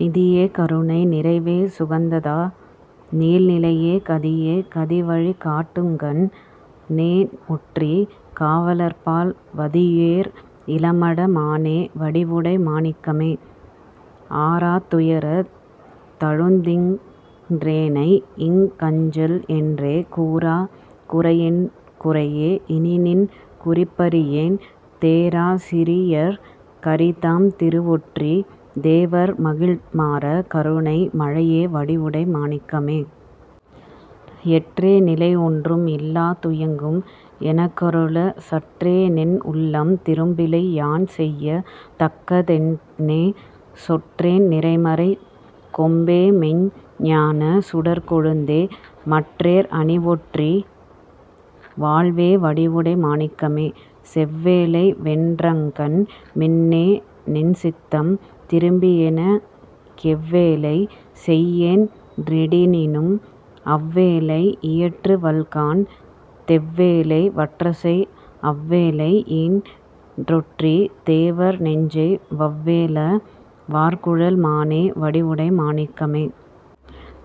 நிதியே கருணை நிறைவே சுகந்ததா நீள்நிலையே கதியே கதிவழி காட்டுங்கண் ணேஒற்றிக் காவலர்பால் வதியேர் இளமட மானே வடிவுடை மாணிக்கமே. ஆறாத் துயரத் தழுந்துகின்றேனைஇங் கஞ்சல்என்றே கூறாக் குறைஎன்குறையே இனிநின் குறிப்பறியேன் தேறாச் சிறியர்க் கரிதாம் திருவொற்றித் தேவர்மகிழ் மாறாக் கருணை மழையே வடிவுடை மாணிக்கமே. எற்றே நிலைஒன்றும் இல்லா துயங்கும் எனக்கருளச் சற்றேநின் உள்ளம் திரும்பிலை யான்செயத் தக்கதென்னே சொற்றேன் நிறைமறைக் கொம்பேமெய்ஞ் ஞானச் சுடர்க்கொழுந்தே மற்றேர் அணியொற்றி வாழ்வே வடிவுடை மாணிக்கமே. செவ்வேலை வென்றகண் மின்னே நின்சித்தம் திரும்பியெனக் கெவ்வேலை செய்யேன் றிடினும் அவ்வேலை இயற்றுவல்காண் தெவ்வேலை வற்றச்செய் அவ்வேளை யீன்றொற்றித் தேவர்நெஞ்சை வவ்வேல வார்குழல் மானே வடிவுடை மாணிக்கமே.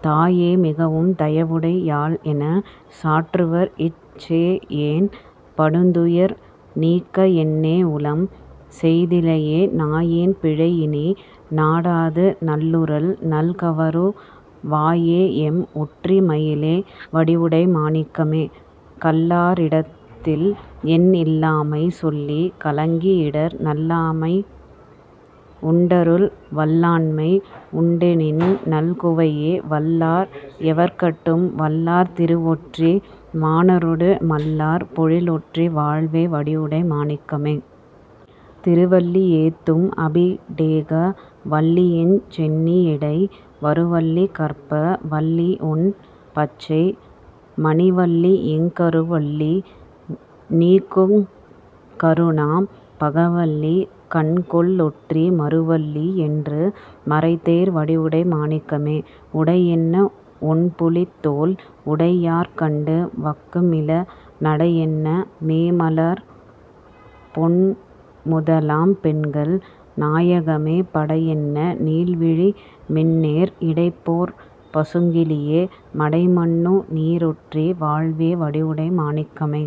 தாயே மிகவும் தயவுடை யாள்எனச் சாற்றுவர்இச் சேயேன் படுந்துயர் நீக்கஎன்னேஉளம் செய்திலையே நாயேன் பிழைஇனி நாடாது நல்லருள் நல்கவரு வாயேஎம் ஒற்றி மயிலே வடிவுடை மாணிக்கமே. கல்லாரிடத்தில்என் இல்லாமை சொல்லிக் கலங்கிஇடர் நல்லாண்மை உண்டருள் வல்லாண்மை உண்டெனின் நல்குவையே வல்லார் எவர்கட்கும் வல்லார் திருவொற்றி வாணரொடு மல்லார் பொழில்ஒற்றி வாழ்வே வடிவுடை மாணிக்கமே. திருவல்லி ஏத்தும் அபிடேக வல்லிஎஞ் சென்னியிடை வருவல்லி கற்பக வல்லிஒண் பச்சை மணிவல்லிஎங் கருவல்லி நீக்குங் கருணாம் பகவல்லி கண்கொள்ஒற்றி மருவல்லி யென்று மறைதேர் வடிவுடை மாணிக்கமே. உடையென்ன ஒண்புலித் தோல்உடை யார்கண்டுவக்குமிள நடையென்ன மேமலர்ப் பொன்முத லாம்பெண்கள் நாயகமே படையென்ன நீள்விழி மின்னேர் இடைப் பொற் பசுங்கிளியே மடைமன்னு நீரொற்றி வாழ்வே வடிவுடை மாணிக்கமே.